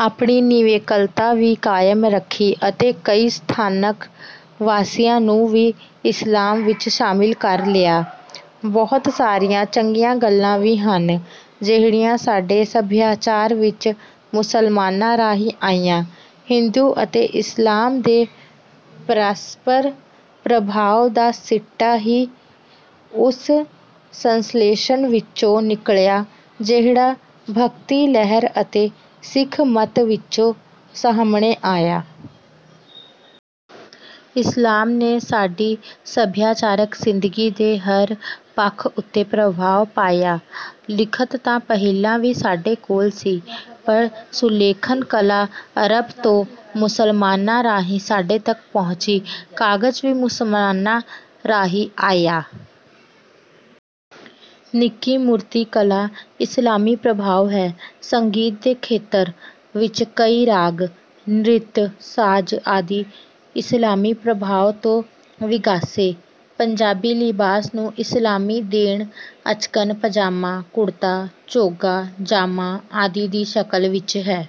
ਆਪਣੀ ਨਿਵੇਕਲਤਾ ਵੀ ਕਾਇਮ ਰੱਖੀ ਅਤੇ ਕਈ ਸਥਾਨਕ ਵਾਸੀਆਂ ਨੂੰ ਵੀ ਇਸਲਾਮ ਵਿੱਚ ਸ਼ਾਮਲ ਕਰ ਲਿਆ। ਬਹੁਤ ਸਾਰੀਆਂ ਚੰਗੀਆਂ ਗੱਲਾਂ ਵੀ ਹਨ, ਜਿਹੜੀਆਂ ਸਾਡੇ ਸਭਿਆਚਾਰ ਵਿੱਚ ਮੁਸਲਮਾਨਾਂ ਰਾਹੀਂ ਆਈਆਂ। ਹਿੰਦੂ ਅਤੇ ਇਸਲਾਮ ਦੇ ਪਰਸਪਰ ਪ੍ਰਭਾਵ ਦਾ ਸਿੱਟਾ ਹੀ ਉਸ ਸੰਸਲੇਸ਼ਣ ਵਿੱਚੋਂ ਨਿਕਲਿਆ, ਜਿਹੜਾ ਭਗਤੀ ਲਹਿਰ ਅਤੇ ਸਿੱਖ ਮੱਤ ਵਜੋਂ ਸਾਹਮਣੇ ਆਇਆ। ਇਸਲਾਮ ਨੇ ਸਾਡੀ ਸਭਿਆਚਾਰਕ ਜ਼ਿੰਦਗੀ ਦੇ ਹਰ ਪੱਖ ਉੱਤੇ ਪ੍ਰਭਾਵ ਪਾਇਆ। ਲਿਖਤ ਤਾਂ ਪਹਿਲਾਂ ਵੀ ਸਾਡੇ ਕੋਲ ਸੀ, ਪਰ ਸੁਲੇਖਣ ਕਲਾ ਅਰਬ ਤੋਂ ਮੁਸਲਮਾਨਾਂ ਰਾਹੀਂ ਸਾਡੇ ਤੱਕ ਪਹੁੰਚੀ। ਕਾਗ਼ਜ਼ ਵੀ ਮੁਸਲਮਾਨਾਂ ਰਾਹੀਂ ਆਇਆ। ਨਿੱਕੀ-ਮੂਰਤੀ ਕਲਾ ਇਸਲਾਮੀ ਪ੍ਰਭਾਵ ਹੈ। ਸੰਗੀਤ ਦੇ ਖੇਤਰ ਵਿੱਚ ਕਈ ਰਾਗ, ਨ੍ਰਿਤ, ਸਾਜ਼ ਆਦਿ ਇਸਲਾਮੀ ਪ੍ਰਭਾਵ ਤੋਂ ਵਿਗਸੇ। ਪੰਜਾਬੀ ਲਿਬਾਸ ਨੂੰ ਇਸਲਾਮੀ ਦੇਣ ਅਚਕਨ, ਪਜਾਮਾ, ਕੁਰਤਾ, ਚੋਗ਼ਾ, ਜਾਮਾ ਆਦਿ ਦੀ ਸ਼ਕਲ ਵਿੱਚ ਹੈ।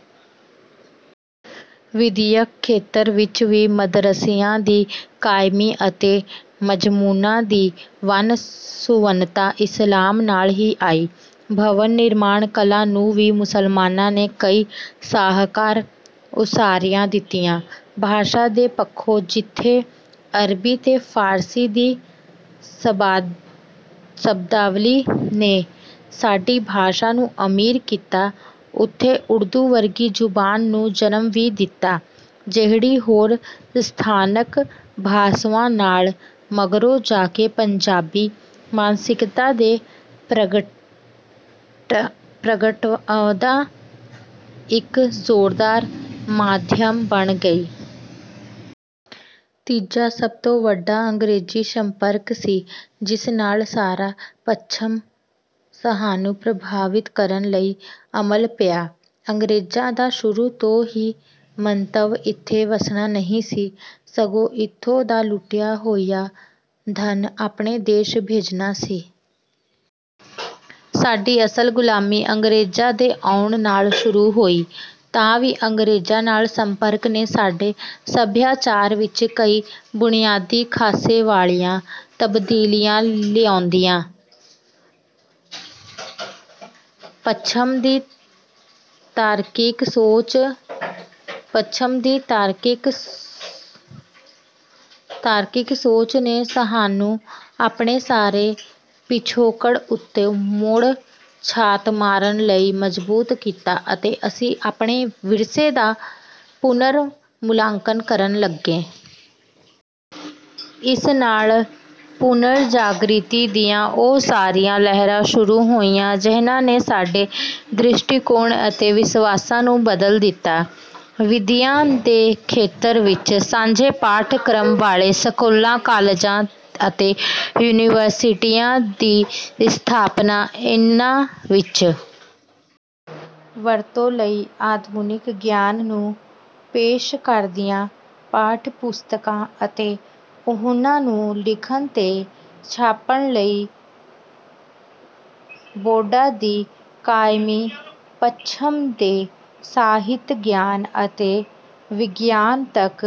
ਵਿਦਿਅਕ ਖੇਤਰ ਵਿੱਚ ਵੀ ਮਦਰੱਸਿਆਂ ਦੀ ਕਾਇਮੀ ਅਤੇ ਮਜ਼ਮੂਨਾਂ ਦੀ ਵੰਨ-ਸੁਵੰਨਤਾ ਇਸਲਾਮ ਨਾਲ ਹੀ ਆਈ। ਭਵਨ-ਨਿਰਮਾਣ ਕਲਾ ਨੂੰ ਵੀ ਮੁਸਲਮਾਨਾਂ ਨੇ ਕਈ ਸ਼ਾਹਕਾਰ ਉਸਾਰੀਆਂ ਦਿੱਤੀਆਂ। ਭਾਸ਼ਾ ਦੇ ਪੱਖੋਂ ਜਿੱਥੇ ਅਰਬੀ ਤੇ ਫ਼ਾਰਸੀ ਦੀ ਸ਼ਬਦਾਵਲੀ ਨੇ ਸਾਡੀ ਭਾਸ਼ਾ ਨੂੰ ਅਮੀਰ ਕੀਤਾ, ਉੱਥੇ ਉਰਦੂ ਵਰਗੀ ਜ਼ਬਾਨ ਨੂੰ ਜਨਮ ਵੀ ਦਿੱਤਾ, ਜਿਹੜੀ ਹੋਰ ਸਥਾਨਕ ਭਾਸ਼ਾਵਾਂ ਨਾਲ ਮਗਰੋਂ ਜਾ ਕੇ ਪੰਜਾਬੀ ਮਾਨਸਿਕਤਾ ਦੇ ਪ੍ਰਗਟਾਅ ਦਾ ਇੱਕ ਜ਼ੋਰਦਾਰ ਮਾਧਿਅਮ ਬਣ ਗਈ। ਤੀਜਾ ਸਭ ਤੋਂ ਵੱਡਾ ਅੰਗਰੇਜ਼ੀ ਸੰਪਰਕ ਸੀ, ਜਿਸ ਨਾਲ ਸਾਰਾ ਪੱਛਮ ਸਾਨੂੰ ਪ੍ਰਭਾਵਿਤ ਕਰਨ ਲਈ ਉਮਲ ਪਿਆ। ਅੰਗਰੇਜ਼ਾਂ ਦਾ ਸ਼ੁਰੂ ਤੋਂ ਹੀ ਮੰਤਵ ਇੱਥੇ ਵੱਸਣਾ ਨਹੀਂ ਸੀ, ਸਗੋਂ ਇੱਥੋਂ ਦਾ ਲੁੱਟਿਆ ਹੋਇਆ ਧਨ ਆਪਣੇ ਦੇਸ਼ ਭੇਜਣਾ ਸੀ। ਸਾਡੀ ਅਸਲ ਗੁਲਾਮੀ ਅੰਗਰੇਜ਼ਾਂ ਦੇ ਆਉਣ ਨਾਲ ਸ਼ੁਰੂ ਹੋਈ, ਤਾਂ ਵੀ ਅੰਗਰੇਜ਼ਾਂ ਨਾਲ ਸੰਪਰਕ ਨੇ ਸਾਡੇ ਸਭਿਆਚਾਰ ਵਿੱਚ ਕਈ ਬੁਨਿਆਦੀ ਖ਼ਾਸੇ ਵਾਲੀਆਂ ਤਬਦੀਲੀਆਂ ਲਿਆਂਦੀਆਂ। ਪੱਛਮ ਦੀ ਤਾਰਕਿਕ ਸੋਚ ਨੇ ਸਾਨੂੰ ਆਪਣੇ ਸਾਰੇ ਪਿਛੋਕੜ ਉੱਤੇ ਮੁੜ ਝਾਤ ਮਾਰਨ ਲਈ ਮਜਬੂਰ ਕੀਤਾ ਅਤੇ ਅਸੀਂ ਆਪਣੇ ਵਿਰਸੇ ਦਾ ਪੁਨਰ-ਮੁਲਾਂਕਣ ਕਰਨ ਲੱਗੇ। ਇਸ ਨਾਲ ਪੁਨਰ-ਜਾਗ੍ਰਿਤੀ ਦੀਆਂ ਉਹ ਸਾਰੀਆਂ ਲਹਿਰਾਂ ਸ਼ੁਰੂ ਹੋਈਆਂ, ਜਿਨ੍ਹਾਂ ਨੇ ਸਾਡੇ ਦ੍ਰਿਸ਼ਟੀਕੋਣ ਅਤੇ ਵਿਸ਼ਵਾਸਾਂ ਨੂੰ ਬਦਲ ਦਿੱਤਾ। ਵਿਦਿਆ ਦੇ ਖੇਤਰ ਵਿੱਚ ਸਾਂਝੇ ਪਾਠ-ਕ੍ਰਮ ਵਾਲੇ ਸਕੂਲਾਂ, ਕਾਲਜਾਂ ਅਤੇ ਯੂਨੀਵਰਸਿਟੀਆਂ ਦੀ ਸਥਾਪਨਾ, ਇਹਨਾਂ ਵਿੱਚ ਵਰਤੋਂ ਲਈ ਆਧੁਨਿਕ ਗਿਆਨ ਨੂੰ ਪੇਸ਼ ਕਰਦੀਆਂ ਪਾਠ-ਪੁਸਤਕਾਂ ਅਤੇ ਉਹਨਾਂ ਨੂੰ ਲਿਖਣ ਤੇ ਛਾਪਣ ਲਈ ਬੋਰਡਾਂ ਦੀ ਕਾਇਮੀ, ਪੱਛਮ ਦੇ ਸਾਹਿਤ, ਗਿਆਨ ਅਤੇ ਵਿਗਿਆਨ ਤੱਕ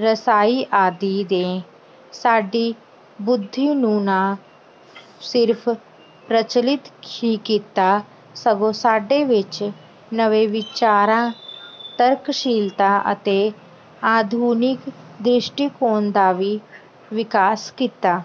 ਰਸਾਈ ਆਦਿ ਨੇ ਸਾਡੀ ਬੁੱਧੀ ਨੂੰ ਨਾ ਸਿਰਫ਼ ਪ੍ਰਜਵਲਿਤ ਹੀ ਕੀਤਾ, ਸਗੋਂ ਸਾਡੇ ਵਿਚ ਨਵੇਂ ਵਿਚਾਰਾਂ, ਤਰਕਸ਼ੀਲਤਾ ਅਤੇ ਆਧੁਨਿਕ ਦ੍ਰਿਸ਼ਟੀਕੋਣ ਦਾ ਵੀ ਵਿਕਾਸ ਕੀਤਾ।